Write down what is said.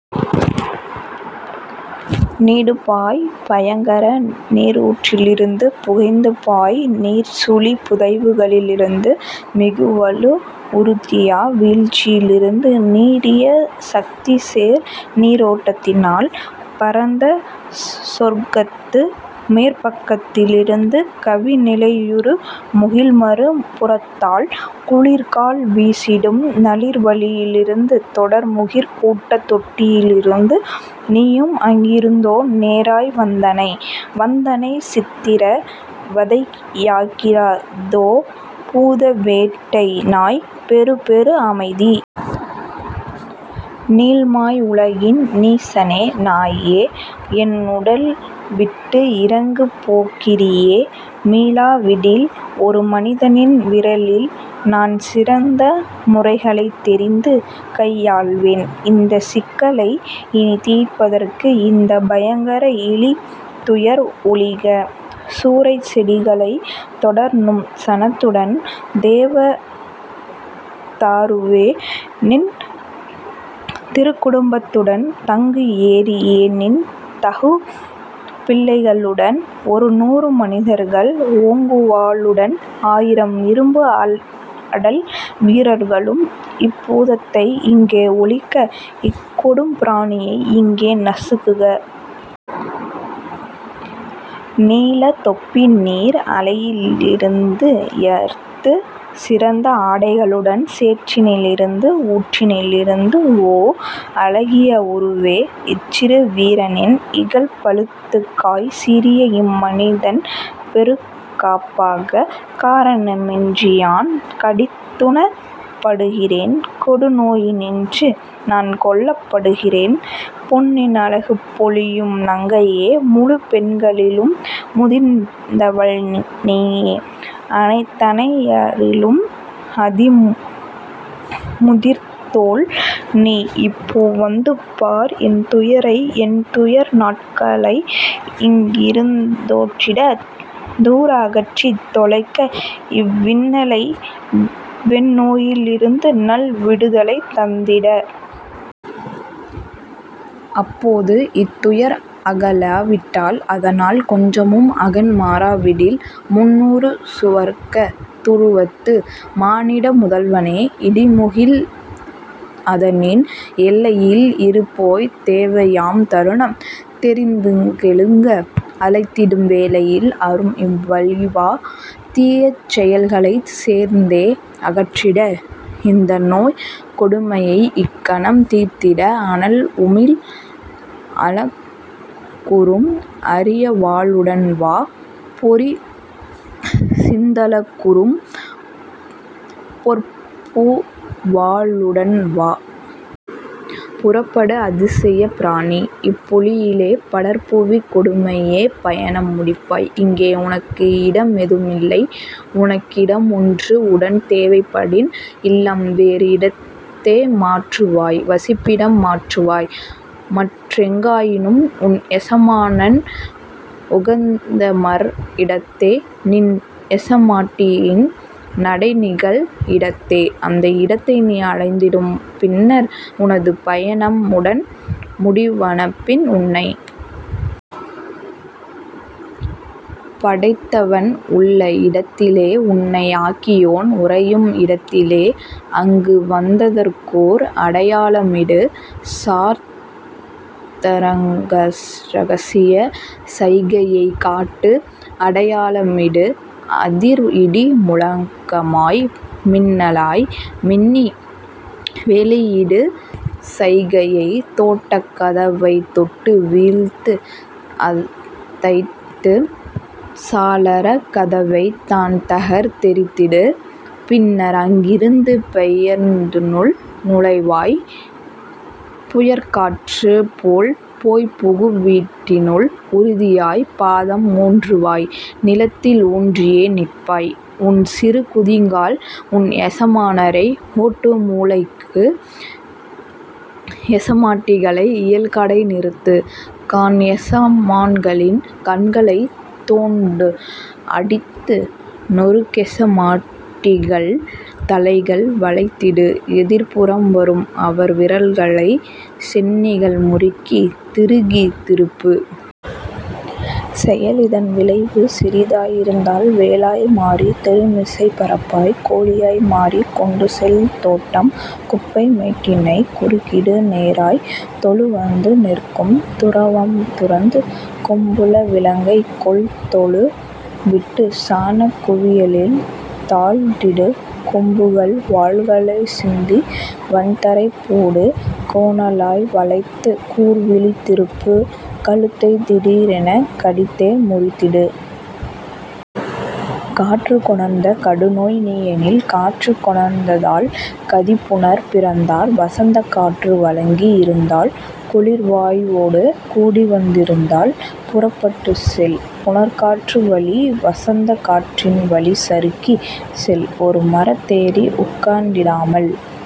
நீடுபாய்ப் பயங்கர நீரூற்றிருந்து புகைந்துபாய் நீர்ச்சுழிப் புதைவுகளிருந்து மிகுவலு உறுத்தியா வீழ்ச்சியிலிருந்து நீடிய சக்திசேர் நீரோட்டத்தினால் பரந்தசொர்க்கத்து மேற் பக்கத்திலிருந்து கவி நிலையுறு முகில்மறு புறத்தால் குளிர்கால் வீசிடும் நளிர்வழியிலிருந்து தொடர்முகிற் கூட்டத் தொட்டிலிலிருந்து. நீயும் அங்கிருந்தோ நேராய் வந்தனை? வந்தனை சித்திர வதையாங்கிருந்தோ? பூத வேட்டைநாய் பெறுபெறு அமைதி! நீள்மாய் உலகின் நீசனே நாயே! என்னுடல் விட்டு இறங்குபோக்கிரியே! மீளா விடில்ஒரு மனிதனின் விறலில்நான் சிறந்த முறைகளைத் தெரிந்துகை யாழ்வேன் இந்தச் சிக்கலை இனித்தீர்ப்பதற்கு இந்தப் பயங்கர இழிதுயர் ஒழிக்க. சூரைச் செடிகளே தொடர்நும் சனத்துடன் தேவதாருவேநின் திருக்குடும்பத்துடன் தங்குஏரியேநின் தகுபிள்ளைகளுடன் ஒருநூறு மனிதர்கள் ஓங்குவாள்களுடன் ஆயிரம் இரும்பு அடல் வீரர்களும் இப்பூதத்தை இங்கே ஒழிக்க இக்கொடும் பிராணியை இங்கே நசுக்க. நீலத் தொப்பிநீர் அலையிருந்துயர்த்து சிறந்த ஆடைகளுடன் சேற்றினிலிருந்து ஊற்றினிலிருந்துஓ அழகிய உருவே! இச்சிறு வீரனின் இகல்பலத்துக்காய் சிறியஇம் மனிதன் பெறுகாப்பாக காரணமின்றியான் கடிதுணப்படுகிறேன் கொடுநோயின்றிநான் கொல்லப்படுகிறேன். பொன்னின் அழகு பொலியும் நங்கையே! முழுப்பெண்களிலும் முதிர்ந்தவள் நீயே! அனைத்தன்னையரிலும் அதிமுதிர்ந்தோள்நீ! இப்போ வந்துபார் என்துயரத்தை என்துயர் நாட்களைஇங்கிருந்தோட்டிட தூர அகற்றித் தொலைக்கஇவ் வின்னலை வெந்நோயிலிருந்துநல் விடுதலை தந்திட. அப்போது இத்துயர் அகலா விட்டால் அதனால் கொஞ்சமும் அகன்மாறாவிடில் முந்நூறு சுவர்க்கத் துருவத்து மானிட முதல்வனே! இடிமுகில் அதனின் எல்லையில் இருப்போய்! தேவையாம் தருணம் தெரிந்திங் கெழுக! அழைத்திடும் வேளையில் அரும்இவ் வழிவா! தீயஇச் செயல்களைச் சேர்த்தே அகற்றிட இந்தநோய்க் கொடுமையை இக்கணம் தீர்த்திட அனல்உமிழ் அலகுறும் அரியவாளுடன்வா பொறிசிந்தலகுறும் பொற்புவாளுடன்வா. புறப்படு அதிசயப்பிராணி இப்பொழிலே படர்புவிக் கொடுமையே பயணம் முடிப்பாய் இங்கே உனக்கு இடமெதுமில்லை உனக்கிடமொன்று உடன்தேவைப்படின் இல்லம் வேறு இடத்தே மாற்றுவாய் வசிப்பிடம் மாற்றுவாய் மற்றெங்காயினும் உன்எசமானன் உகந்தமர் இடத்தே நின்எசமாட்டியின் நடைநிகழ் இடத்தே. அந்த இடத்தைநீ அடைந்திடும் பின்னர் உனது பயணம் உடன்முடிவானபின் உன்னைப் படைத்தவன் உள்ள இடத்திலே உன்னை ஆக்கியோன் உறையும் இடத்திலே அங்குவந்ததற்கோர் அடையாளமிடு சார்ந்தரகசியச் சைகையைக் காட்டு அடையாளமிடு அதிர்இடி முழக்கமாய் மின்னலாய் மின்னி வெளியிடு சைகையை தோட்டக் கதவைத் தொட்டுவீழ்த்துதைத்து சாளரக் கதவைத் தான்தகர்த் தெறிந்திடு பின்னர்அங்கிருந்து பெயர்ந்துள் நுழைவாய் புயற்காற்றுப்போல் போய்ப்புகு வீட்டினுள் உறுதியாய்ப் பாதம் ஊன்றுவாய் நிலத்தில் ஊன்றியே நிற்பாய் உன்சிறு குதிக்கால் உன்எசமானரை ஓட்டுமூலைக்கு எசமாட்டிகளை இயல்கடை நிறுத்து காண்எசமான்களின் கண்களைத் தோண்டு அடித்து நொருக்கெச மாட்டிகள் தலைகள் வளைத்திடு எதிர்ப்புறம் வரும்அவர் விரல்களை சென்னிகள் முறுக்கித் திருகித் திருப்பு. செயல்இதன் விளைவு சிறிதாய் இருந்தால் வேலாய் மாறித் தெருமிசைப் பறப்பாய் கோழியாய் மாறிக் கொண்டுசெல் தோட்டம் குப்பை மேட்டினைக் குறுகிடு நேராய் தொழுவத்து நிற்கும் துரவம் துரத்து கொம்புள விலங்கைக் கொள்தொழு விட்டு சாணக் குவியலில் தாழ்த்திடு கொம்புகள் வால்களைச் சிந்தி வன்தரை போடு கோணலாய் வளைத்துக் கூர்விழி திருப்பு கழுத்தைத் திடீரெனக் கடிதே முறித்திடு. காற்றுக் கொணர்ந்த கடுநோய் நீயெனில் காற்று கொணர்ந்தால் கதிபுனற் பிறந்தால் வசந்தக் காற்று வழங்கி இருந்தால் குளிர்வாயுவொடு கூடிவந்துருந்தால் புறப்பட்டுச்செல் புணர்காற்றுவழி வசந்தக் காற்றின் வழிசறுக்கிச்செல் ஒருமரத் தேறி உட்கார்ந்திடாமல்